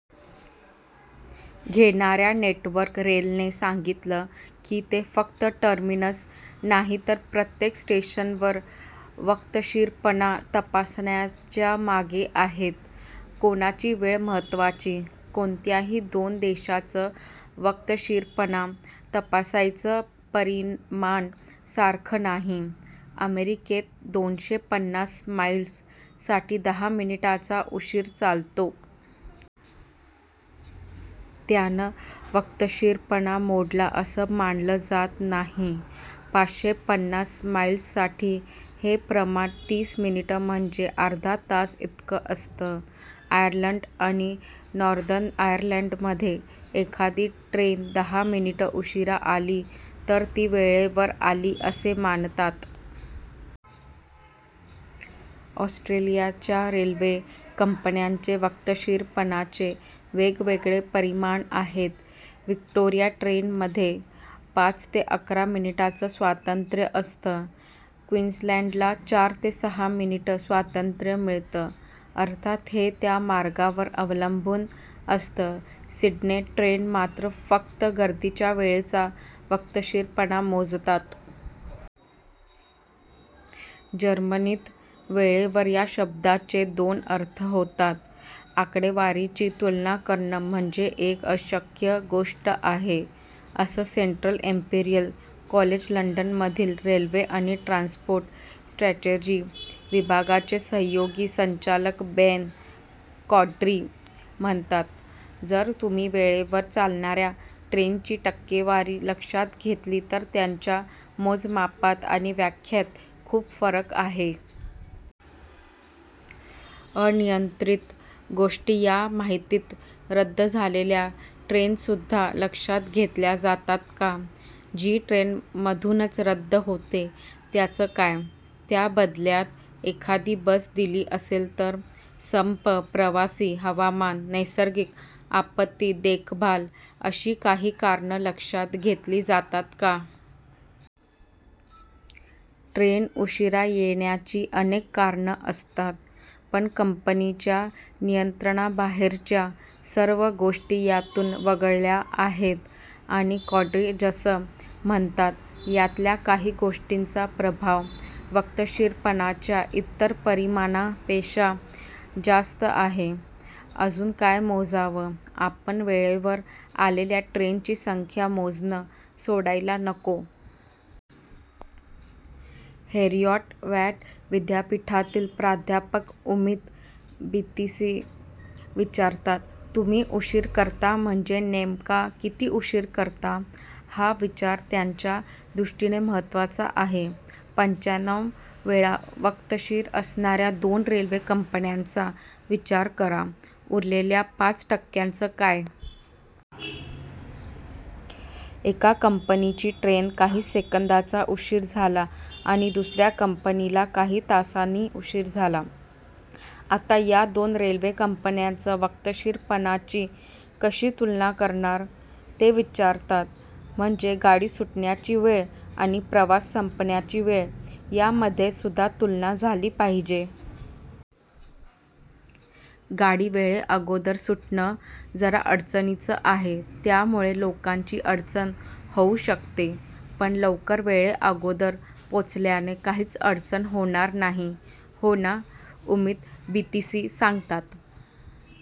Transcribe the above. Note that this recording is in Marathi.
घेणाऱ्या नेटवर्क रेलने सांगितलं की, ते फक्त टर्मिनस नाही तर प्रत्येक स्टेशनवर वक्तशीरपणा तपासण्याच्या मागे आहेत. कोणाची वेळ महत्त्वाची? कोणत्याही दोन देशांचं वक्तशीरपणा तपासायचं परिमाण सारखं नाही. अमेरिकेत दोनशे पन्नास माईल्स साठी दहा मिनिटांचा उशीर चालतो. त्यानं वक्तशीरपणा मोडला असं मानलं जात नाही. पाचशे पन्नास माईल्ससाठी हे प्रमाण तीस मिनिटं म्हणजे अर्धा तास इतकं असतं. आयर्लंड आणि नॉर्दर्न आर्यर्लंडमध्ये एखादी ट्रेन दहा मिनिटं उशीरा आली तर ती वेळेवर आली असे मानतात. ऑस्ट्रेलियाच्या रेल्वे कंपन्यांचे वक्तशीरपणाचे वेगवेगळे परिमाण आहेत. व्हिक्टोरिया ट्रेनमध्ये पाच ते अकरा मिनिटांचं स्वातंत्र्य असतं. क्वीन्सलँडला चार ते सहा मिनिटं स्वातंत्र्य मिळतं. अर्थात हे त्या मार्गावर अवलंबून असतं. सिडने ट्रेन मात्र फक्त गर्दीच्या वेळेचा वक्तशीरपणा मोजतात. जर्मनीत वेळेवर या शब्दाचे दोन अर्थ होतात. आकडेवारीची तुलना करणं म्हणजे एक अशक्य गोष्ट आहे, असं सेंट्रल एम्पिरियल कॉलेज लंडनमधील रेल्वे आणि ट्रान्सपोर्ट स्ट्रॅटेजी विभागाचे सहयोगी संचालक बेन कॉड्री म्हणतात. जर तुम्ही वेळेवर चालणाऱ्या ट्रेनची टक्केवारी लक्षात घेतली, तर त्यांच्या मोजमापात आणि व्याख्येत खूप फरक आहे. अनियंत्रित गोष्टी या माहितीत रद्द झालेल्या ट्रेनसुद्धा लक्षात घेतल्या जातात का? जी ट्रेन मधूनच रद्द होते त्याचं काय? त्या बदल्यात एखादी बस दिली असेल तर? संप, प्रवासी, हवामान, नैसर्गिक आपत्ती, देखभाल अशी काही कारणं लक्षात घेतली जातात का? ट्रेन उशीरा येण्याची अनेक कारणं असतात. पण कंपनीच्या नियंत्रणाबाहेरच्या सर्व गोष्टी यातून वगळल्या आहेत. आणि कॉड्री जसं म्हणतात, यातल्या काही गोष्टींचा प्रभाव वक्तशीरपणाच्या इतर परिमाणांपेक्षा जास्त आहे. अजून काय मोजावं? आपण वेळेवर आलेल्या ट्रेनची संख्या मोजणं सोडायला नको. हेरिऑट वॅट विद्यापीठातील प्राध्यापक उमित बितीसी विचारतात, तुम्ही उशीर करता म्हणजे नेमका किती उशीर करता? हा विचार त्यांच्या दृष्टीने महत्त्वाचा आहे. पंच्याण्णव वेळा वक्तशीर असणाऱ्या दोन रेल्वे कंपन्यांचा विचार करा. उरलेल्या पाच टक्क्याचं काय? एका कंपनीची ट्रेन काही सेकंदाचा उशीर झाला आणि दुसऱ्या कंपनीला काही तासांनी उशीर झाला. आता या दोन रेल्वे कंपन्यांचं वक्तशीरपणाची कशी तुलना करणार? ते विचारतात. म्हणजे गाडी सुटण्याची वेळ आणि प्रवास संपण्याची वेळ यामध्येसुद्धा तुलना झाली पाहिजे. गाडी वेळेअगोदर सुटणं जरा अडचणीचं आहे. त्यामुळे लोकांची अडचण होऊ शकते. पण लवकर वेळेअगोदर पोचल्याने काहीच अडचण होणार नाही, हो ना? उमित बितीसी सांगतात.